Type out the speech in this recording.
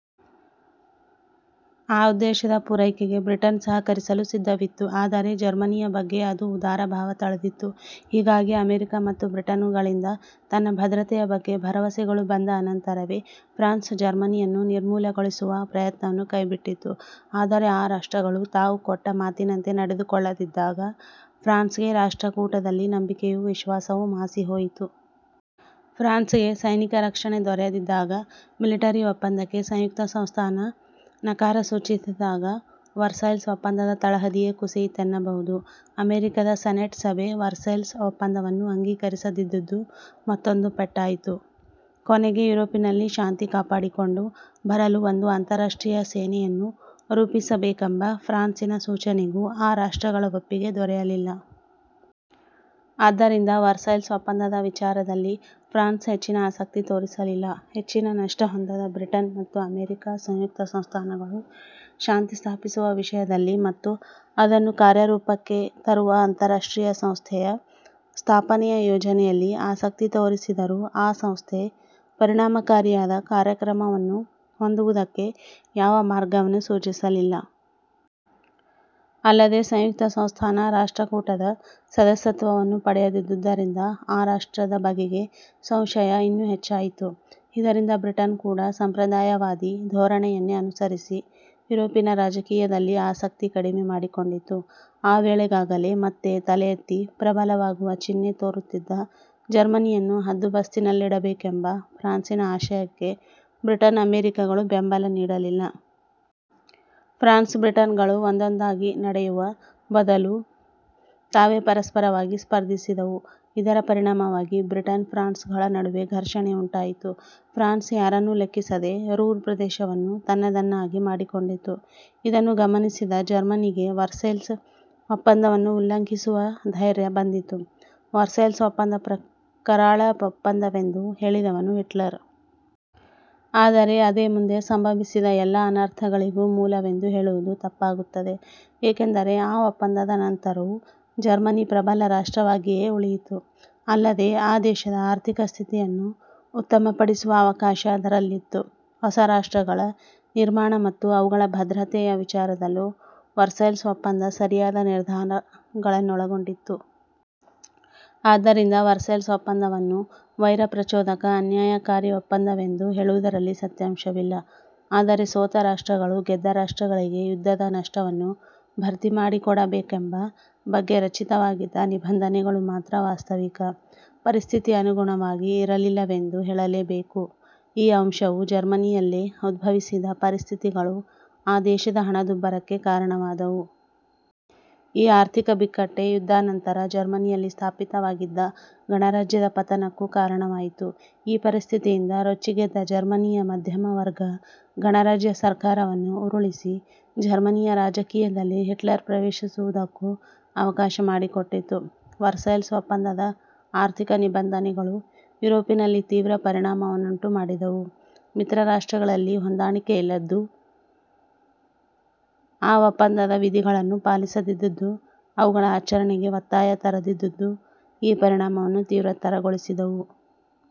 ಆ ಉದ್ದೇಶದ ಪುರೈಕೆಗೆ ಬ್ರಿಟನ್ನೂ ಸಹಕರಿಸಲು ಸಿದ್ಧವಿತ್ತು. ಆದರೆ ಜರ್ಮನಿಯ ಬಗ್ಗೆ ಅದು ಉದಾರಭಾವ ತಳೆದಿತ್ತು. ಹೀಗಾಗಿ ಅಮೆರಿಕ ಮತ್ತು ಬ್ರಿಟನ್ನುಗಳಿಂದ ತನ್ನ ಭದ್ರತೆಯ ಬಗ್ಗೆ ಭರವಸೆಗಳು ಬಂದ ಅನಂತರವೇ ಫ್ರಾನ್ಸ್ ಜರ್ಮನಿಯನ್ನು ನಿರ್ಮೂಲಗೊಳಿಸುವ ಪ್ರಯತ್ನವನ್ನು ಕೈ ಬಿಟ್ಟಿತು. ಆದರೆ ಆ ರಾಷ್ಟ್ರಗಳು ತಾವು ಕೊಟ್ಟ ಮಾತಿನಂತೆ ನಡೆದುಕೊಳ್ಳದಿದ್ದಾಗ ಫ್ರಾನ್ಸ್ ಗೆ ರಾಷ್ಟ್ರ ಕೂಟದಲ್ಲಿದ್ದ ನಂಬಿಕೆಯೂ ವಿಶ್ವಾಸವು ಮಾಸಿಹೋಯಿತು. ಫ್ರಾನ್ಸ್ಗೆ ಸೈನಿಕ ರಕ್ಷಣೆ ದೊರೆಯದಿದ್ದಾಗ, ಮಿಲಿಟರಿ ಒಪಂದಕ್ಕೆ ಸಂಯುಕ್ತ ಸಂಸ್ಥಾನ ನಕಾರ ಸೂಚಿಸಿದಾಗ, ವರ್ಸೇಲ್ಸ್, ಒಪ್ಪಂದದ ತಳಹದಿಯೇ ಕುಸಿಯಿತೆನ್ನಬಹುದು. ಅಮೆರಿಕದ ಸೆನೆಟ್ ಸಭೆ ವರ್ಸೇಲ್ಸ್ ಒಪ್ಪಂದವನ್ನು ಅಂಗೀಕರಿಸದಿದ್ದುದು ಮತ್ತೊಂದು ಪೆಟ್ಟಾಯಿತು. ಕೊನೆಗೆ ಯುರೋಪಿನಲ್ಲಿ ಶಾಂತಿ ಕಾಪಾಡಿಕೊಂಡು ಬರಲು ಒಂದು ಅಂತಾರಾಷ್ಟ್ರೀಯ ಸೇನೆಯನ್ನು ರೂಪಿಸಬೇಕೆಂಬ ಫ್ರಾನ್ಸಿನ ಸೂಚನೆಗೂ ಆ ರಾಷ್ಟ್ರಗಳ ಒಪ್ಪಿಗೆ ದೊರೆಯಲಿಲ್ಲ. ಆದ್ದರಿಂದ ವರ್ಸೇಲ್ಸ್ ಒಪ್ಪಂದದ ವಿಚಾರದಲ್ಲಿ ಫ್ರಾನ್ಸ್ ಹೆಚ್ಚಿನ ಆಸಕ್ತಿ ತೋರಿಸಲಿಲ್ಲ. ಹೆಚ್ಚಿನ ನಷ್ಟ ಹೊಂದದ ಬ್ರಿಟನ್ ಮತ್ತು ಅಮೆರಿಕ ಸಂಯುಕ್ತ ಸಂಸ್ಥಾನ ಗಳು ಶಾಂತಿ ಸ್ಥಾಪಿಸುವ ವಿಷಯದಲ್ಲಿ ಮತ್ತು ಅದನ್ನು ಕಾರ್ಯರೂಪಕ್ಕೆ ತರುವ ಅಂತಾರಾಷ್ಟ್ರೀಯ ಸಂಸ್ಥೆಯ ಸ್ಥಾಪನೆಯ ಯೋಜನೆಯಲ್ಲಿ ಆಸಕ್ತಿ ತೋರಿಸಿದರೂ ಆ ಸಂಸ್ಥೆ ಪರಿಣಾಮಕಾರಿಯಾದ ಕಾರ್ಯಕ್ರಮ ಹೊಂದುವುದಕ್ಕೆ ಯಾವ ಮಾರ್ಗವನ್ನೂ ಸೂಚಿಸಲಿಲ್ಲ. ಅಲ್ಲದೆ ಸಂಯುಕ್ತಸಂಸ್ಥಾನ ರಾಷ್ಟ್ರಕೂಟದ ಸದಸ್ಯತ್ವವನ್ನೂ ಪಡೆಯದಿದ್ದುದರಿಂದ ಆ ರಾಷ್ಟ್ರದ ಬಗೆಗೆ ಸಂಶಯ ಇನ್ನೂ ಹೆಚ್ಚಾಯಿತು. ಇದರಿಂದ ಬ್ರಿಟನ್ ಕೂಡ ಸಂಪ್ರದಾಯವಾದಿ ಧೋರಣೆಯನ್ನೇ ಅನುಸರಿಸಿ ಯುರೋಪಿನ ರಾಜಕೀಯದಲ್ಲಿ ಆಸಕ್ತಿ ಕಡಿಮೆ ಮಾಡಿಕೊಂಡಿತು. ಆ ವೇಳೆಗಾಗಲೇ ಮತ್ತೆ ತಲೆಯೆತ್ತಿ ಪ್ರಬಲವಾಗುವ ಚಿಹ್ನೆ ತೋರುತ್ತಿದ್ದ ಜರ್ಮನಿಯನ್ನು ಹದ್ದುಬಸ್ತಿನಲ್ಲಿಡಬೇಕೆಂಬ ಫ್ರಾನ್ಸಿನ ಆಶಯಕ್ಕೆ ಬ್ರಿಟನ್ ಅಮೆರಿಕಗಳು ಬೆಂಬಲ ನೀಡಲಿಲ್ಲ. ಫ್ರಾನ್ಸ್ ಬ್ರಿಟನ್ಗಳು ಒಂದಾಗಿ ನಡೆಯುವ ಬದಲು ತಾವೇ ಪರಸ್ಪರವಾಗಿ ಸ್ಪರ್ಧಿಸಿದುವು. ಇದರ ಪರಿಣಾಮವಾಗಿ ಬ್ರಿಟನ್ ಫ್ರಾನ್ಸ್ಗಳ ನಡುವೆ ಘರ್ಷಣೆ ಉಂಟಾಯಿತು. ಫ್ರಾನ್ಸ್ ಯಾರನ್ನೂ ಲೆಕ್ಕಿಸಿದೆ ರೂರ್ ಪ್ರದೇಶವನ್ನು ತನ್ನದನ್ನಾಗಿ ಮಾಡಿಕೊಂಡಿತು. ಇದನ್ನು ಗಮನಿಸಿದ ಜರ್ಮನಿಗೆ ವರ್ಸೇಲ್ಸ್ ಒಪ್ಪಂದವನ್ನು ಉಲ್ಲಂಘಿಸುವ ಧ್ಯೆರ್ಯ ಬಂದಿತು. ವರ್ಸೇಲ್ಸ್ ಒಪ್ಪಂದ ಕರಾಳ ಒಪ್ಪಂದವೆಂದು ಹೇಳಿದವನು ಹಿಟ್ಲರ್. ಆದರೆ ಅದೇ ಮುಂದೆ ಸಂಭವಿಸಿದ ಎಲ್ಲ ಅನರ್ಥಗಳಿಗೂ ಮೂಲವೆಂದು ಹೇಳುವುದು ತಪ್ಪಾಗುತ್ತದೆ. ಏಕೆಂದರೆ ಆ ಒಪ್ಪಂದದ ಅನಂತರವೂ ಜರ್ಮನಿ ಪ್ರಬಲ ರಾಷ್ಟ್ರವಾಗಿಯೇ ಉಳಿಯಿತು. ಅಲ್ಲದೆ ಆ ದೇಶದ ಆರ್ಥಿಕ ಸ್ಥಿತಿಯನ್ನು ಉತ್ತಮಪಡಿಸುವ ಅವಕಾಶ ಅದರಲ್ಲಿತ್ತು. ಹೊಸ ರಾಷ್ಟ್ರಗಳ ನಿರ್ಮಾಣ ಮತ್ತು ಅವುಗಳ ಭದ್ರತೆಯ ವಿಚಾರದಲ್ಲೂ ವರ್ಸೇಲ್ಸ್ ಒಪ್ಪಂದ ಸರಿಯಾದ ನಿರ್ಧಾರಗಳನ್ನೊಳಗೊಂಡಿತ್ತು. ಆದ್ದರಿಂದ ವರ್ಸೇಲ್ಸ್ ಒಪ್ಪಂದವನ್ನು ವೈರ ಪ್ರಚೋದಕ ಅನ್ಯಾಯಕಾರಿ ಒಪ್ಪಂದವೆಂದು ಹೇಳುವುದರಲ್ಲಿ ಸತ್ಯಾಂಶವಿಲ್ಲ. ಆದರೆ ಸೋತ ರಾಷ್ಟ್ರಗಳು ಗೆದ್ದ ರಾಷ್ಟ್ರಗಳಿಗೆ ಯುದ್ಧದ ನಷ್ಟವನ್ನು ಭರ್ತಿಮಾಡಿಕೊಡಬೇಕೆಂಬ ಬಗ್ಗೆ ರಚಿತವಾಗಿದ್ದ ನಿಬಂಧನೆಗಳು ಮಾತ್ರ ವಾಸ್ತವಿಕ ಪರಿಸ್ಥಿತಿಗೆ ಅನುಗುಣವಾಗಿ ಇರಲಿಲ್ಲವೆಂದು ಹೇಳಲೇಬೇಕು. ಈ ಅಂಶವೂ ಜರ್ಮನಿಯಲ್ಲೇ ಉದ್ಭವಿಸಿದ ಪರಿಸ್ಥಿತಿಗಳೂ ಆ ದೇಶದ ಹಣದುಬ್ಬರಕ್ಕೆ ಕಾರಣವಾದುವು. ಈ ಆರ್ಥಿಕ ಬಿಕ್ಕಟ್ಟೇ ಯುದ್ಧಾನಂತರ ಜರ್ಮನಿಯಲ್ಲಿ ಸ್ಥಾಪಿತವಾಗಿದ್ದ ಗಣರಾಜ್ಯದ ಪತನಕ್ಕೂ ಕಾರಣವಾಯಿತು. ಈ ಪರಿಸ್ಥಿತಿಯಿಂದ ರೊಚ್ಚಿಗೆದ್ದ ಜರ್ಮನಿಯ ಮಧ್ಯಮವರ್ಗ ಗಣರಾಜ್ಯ ಸರ್ಕಾರವನ್ನು ಉರುಳಿಸಿ, ಜರ್ಮನಿಯ ರಾಜಕೀಯದಲ್ಲಿ ಹಿಟ್ಲರ್ ಪ್ರವೇಶಿಸುವುದಕ್ಕೂ ಅವಕಾಶಮಾಡಿಕೊಟ್ಟಿತು. ವರ್ಸೇಲ್ಸ್ ಒಪ್ಪಂದದ ಆರ್ಥಿಕ ನಿಬಂಧನೆಗಳು ಯುರೋಪಿನಲ್ಲಿ ತೀವ್ರ ಪರಿಣಾಮವನ್ನುಂಟುಮಾಡಿದುವು. ಮಿತ್ರರಾಷ್ಟ್ರಗಳಲ್ಲಿ ಹೊಂದಾಣಿಕೆಯಿಲ್ಲದ್ದೂ ಆ ಒಪ್ಪಂದದ ವಿಧಿಗಳನ್ನು ಪಾಲಿಸದಿದ್ದದ್ದೂ ಅವುಗಳ ಆಚರಣೆಗೆ ಒತ್ತಾಯ ತರದಿದ್ದದ್ದೂ ಈ ಪರಿಣಾಮವನ್ನು ತೀವ್ರತರಗೊಳಿಸಿದುವು.